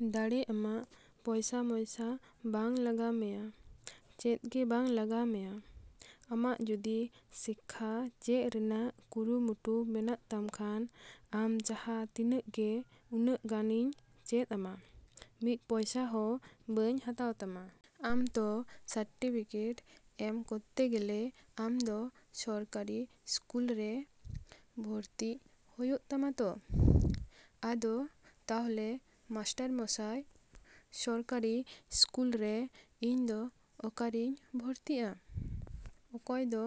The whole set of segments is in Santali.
ᱫᱟᱲᱮ ᱟᱢᱟ᱾ ᱯᱚᱭᱥᱟ ᱢᱚᱭᱥᱟ ᱵᱟᱝ ᱞᱟᱜᱟᱣ ᱢᱮᱭᱟ, ᱪᱮᱫ ᱜᱮ ᱵᱟᱝ ᱞᱟᱜᱟᱣ ᱢᱮᱭᱟ᱾ ᱟᱢᱟᱜ ᱡᱚᱫᱤ ᱥᱤᱠᱠᱷᱟ ᱪᱮᱫ ᱨᱮᱱᱟᱜ ᱠᱩᱨᱩᱢᱩᱴᱩ ᱢᱮᱱᱟᱜ ᱛᱟᱢ ᱠᱷᱟᱱ, ᱟᱢ ᱡᱟᱸᱦᱟ ᱛᱤᱱᱟᱹᱜ ᱜᱮ ᱩᱱᱟᱹᱜ ᱜᱟᱱ ᱤᱧ ᱪᱮᱫ ᱟᱢᱟ᱾ ᱢᱤᱫ ᱯᱚᱭᱥᱟ ᱦᱚᱵᱟᱧ ᱦᱟᱛᱟᱣ ᱛᱟᱢᱟ᱾ ᱟᱢ ᱛᱚ ᱥᱟᱨᱴᱤᱯᱷᱤᱠᱮᱴ ᱮᱢ ᱠᱚᱨᱛᱮ ᱜᱮᱞᱮ ᱟᱢᱫᱚ ᱥᱚᱨᱠᱟᱨᱤ ᱤᱥᱠᱩᱞ ᱨᱮ ᱵᱷᱚᱨᱛᱤ ᱦᱩᱭᱩᱜ ᱛᱟᱢᱟ ᱛᱚ? ᱟᱫᱚ, ᱛᱟᱦᱞᱮ ᱢᱟᱥᱴᱟᱨ ᱢᱚᱥᱟᱭ, ᱥᱚᱠᱟᱨᱤ ᱤᱥᱠᱩᱞᱨᱮ ᱤᱧ ᱫᱚ ᱚᱠᱟᱨᱮᱧ ᱵᱷᱚᱨᱛᱤᱜ-ᱟ? ᱚᱠᱚᱭᱫᱚ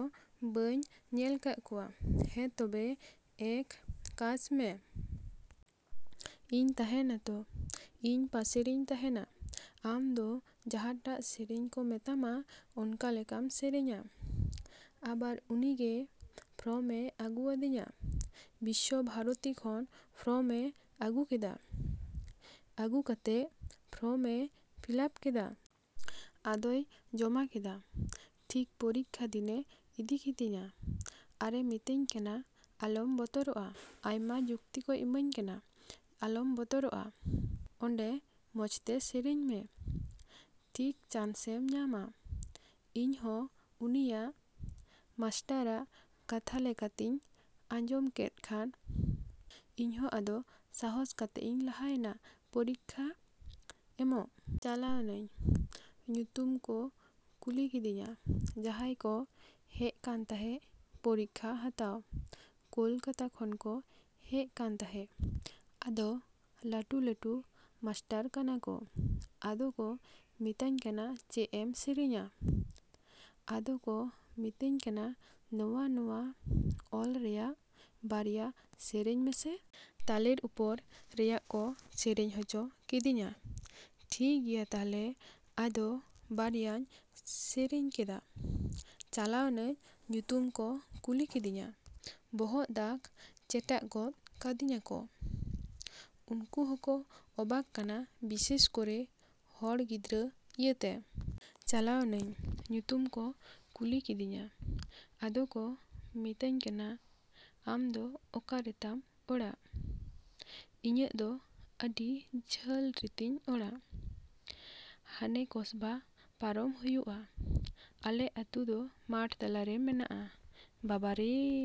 ᱵᱟᱹᱧ ᱧᱮᱞ ᱠᱟᱜ ᱠᱚᱣᱟ᱾ ᱦᱮᱸ ᱛᱚᱵᱮ ᱮᱠ ᱠᱟᱡ ᱢᱮ᱾ ᱤᱧ ᱛᱟᱸᱦᱮᱱ ᱟᱛᱚ, ᱤᱧ ᱯᱟᱥᱮ ᱨᱤᱧ ᱛᱟᱸᱦᱮᱱᱟ᱾ ᱟᱢ ᱫᱚ ᱡᱟᱸᱦᱟᱴᱟᱜ ᱥᱮᱨᱮᱧ ᱠᱚ ᱢᱮᱛᱟᱢᱟ, ᱚᱱᱠᱟ ᱞᱮᱠᱟᱢ ᱥᱮᱨᱮᱧᱟ᱾ ᱟᱵᱟᱨ ᱩᱱᱤᱜᱮ ᱯᱷᱚᱨᱚᱢᱮ ᱟᱹᱜᱩ ᱟᱹᱫᱤᱧᱟ᱾ ᱵᱤᱥᱥᱚ ᱵᱷᱟᱨᱚᱛᱤ ᱠᱷᱚᱱ ᱯᱷᱚᱨᱚᱢᱮ ᱟᱹᱜᱩ ᱠᱮᱫᱟ᱾ ᱟᱹᱜᱩ ᱠᱟᱛᱮᱜ ᱯᱷᱚᱨᱚᱢ ᱮ ᱯᱷᱤᱞᱟᱯ ᱠᱮᱫᱟ᱾ ᱟᱫᱚᱭ ᱡᱚᱢᱟ ᱠᱮᱫᱟ᱾ ᱴᱷᱤᱠ ᱯᱚᱨᱤᱠᱠᱷᱟ ᱫᱤᱱᱮ ᱤᱫᱤ ᱠᱮᱫᱤᱧᱟ ᱟᱨᱮ ᱢᱤᱛᱟᱹᱧ ᱠᱟᱱᱟ, ᱟᱞᱚᱢ ᱵᱚᱛᱨᱚᱜ-ᱟ᱾ ᱟᱭᱢᱟ ᱡᱩᱠᱛᱤ ᱠᱚᱭ ᱮᱢᱟᱹᱧ ᱠᱟᱱᱟ, ᱟᱞᱚᱢ ᱵᱚᱛᱚᱨᱚᱜ-ᱟ᱾ ᱚᱱᱰᱮ ᱢᱚᱸᱡᱛᱮ ᱥᱮᱨᱮᱧ ᱢᱮ᱾ ᱴᱷᱤᱠ ᱪᱟᱱᱥ ᱮᱢ ᱧᱟᱢᱟ᱾ ᱤᱧᱦᱚᱸ ᱩᱱᱤᱭᱟᱜ ᱢᱟᱥᱴᱟᱨ ᱟᱜ ᱠᱟᱛᱷᱟ ᱞᱮᱠᱟᱛᱤᱧ ᱟᱸᱡᱚᱢ ᱠᱮᱜ ᱠᱷᱟᱱ, ᱤᱧᱦᱚᱸ ᱟᱫᱚ ᱥᱟᱦᱚᱥ ᱠᱟᱛᱮᱜ ᱤᱧ ᱪᱟᱞᱟᱣᱱᱟ ᱯᱚᱨᱤᱠᱠᱷᱟ ᱮᱢᱚᱜ᱾ ᱪᱟᱞᱟᱣᱱᱟᱧ᱾ ᱧᱩᱛᱩᱢ ᱠᱚ ᱠᱩᱞᱤ ᱠᱤᱫᱤᱧᱟ᱾ ᱡᱟᱸᱦᱟᱭ ᱠᱚ ᱦᱮᱡ ᱠᱟᱱ ᱛᱟᱸᱦᱮᱜ ᱯᱚᱨᱤᱠᱠᱷᱟ ᱦᱟᱛᱟᱣ, ᱠᱚᱞᱠᱟᱛᱟ ᱠᱷᱚᱱ ᱠᱚ ᱦᱮᱡ ᱠᱟᱱ ᱛᱟᱸᱦᱮᱜ᱾ ᱟᱫᱚ ᱞᱟᱹᱴᱩ ᱞᱟᱹᱴᱩ ᱢᱟᱥᱴᱟᱨ ᱠᱟᱱᱟ ᱠᱚ᱾ ᱟᱫᱚ ᱠᱚ ᱢᱤᱛᱟᱹᱧ ᱠᱟᱱᱟ, ᱪᱮᱫ ᱮᱢ ᱥᱮᱨᱮᱧᱟ? ᱟᱫᱚ ᱠᱚ ᱢᱤᱛᱟᱹᱧ ᱠᱟᱱᱟ, ᱱᱚᱣᱟ ᱱᱚᱣᱟ ᱛᱟᱞ ᱨᱮᱭᱟᱜ ᱵᱟᱨᱭᱟ ᱥᱮᱨᱮᱧ ᱢᱮᱥᱮ᱾ ᱛᱟᱞᱮᱨ ᱩᱯᱚᱨ ᱨᱮᱭᱟᱜ ᱠᱚ ᱥᱮᱨᱮᱧ ᱦᱚᱪᱚ ᱠᱤᱫᱤᱧᱟ᱾ ᱴᱷᱤᱠ ᱜᱮᱭᱟ ᱛᱟᱦᱞᱮ ᱟᱫᱚ ᱵᱟᱨᱭᱟᱧ ᱥᱮᱨᱮᱧ ᱠᱮᱫᱟ᱾ ᱪᱟᱞᱟᱣᱱᱟᱧ᱾ ᱧᱩᱛᱩᱢ ᱠᱚ ᱠᱩᱞᱤ ᱠᱤᱫᱤᱧᱟ᱾ ᱵᱚᱦᱚᱜ ᱫᱟᱜ ᱪᱮᱴᱟᱜ ᱜᱚᱫ ᱠᱤᱫᱤᱧᱟᱠᱚ᱾ ᱩᱱᱠᱩ ᱦᱚᱸᱠᱚ ᱚᱵᱟᱠ ᱠᱟᱱᱟ ᱵᱤᱥᱮᱥ ᱠᱚᱨᱮ ᱦᱚᱲ ᱜᱤᱫᱽᱨᱟᱹ ᱤᱭᱟᱹᱛᱮ᱾ ᱪᱟᱞᱟᱣᱱᱟᱧ᱾ ᱧᱩᱛᱩᱢ ᱠᱚ ᱠᱩᱞᱤ ᱠᱤᱫᱤᱧᱟ᱾ ᱟᱫᱚ ᱠᱚ ᱢᱤᱛᱟᱹᱧ ᱠᱟᱱᱟ, ᱟᱢ ᱫᱚ ᱚᱠᱟ ᱨᱮᱛᱟᱢ ᱚᱲᱟᱜ? ᱤᱧᱟᱹᱜ ᱫᱚ ᱟᱹᱰᱤ ᱡᱷᱟᱹᱞ ᱨᱮᱛᱤᱧ ᱚᱲᱟᱜ᱾ ᱦᱟᱱᱮ ᱠᱚᱥᱵᱟ ᱯᱟᱨᱚᱢ ᱦᱩᱭᱩᱜ-ᱟ᱾ ᱟᱞᱮ ᱟᱹᱛᱩ ᱫᱚ ᱢᱟᱴᱷ ᱛᱟᱞᱟᱨᱮ ᱢᱮᱱᱟᱜ-ᱟ᱾ ᱵᱟᱵᱟᱨᱮ!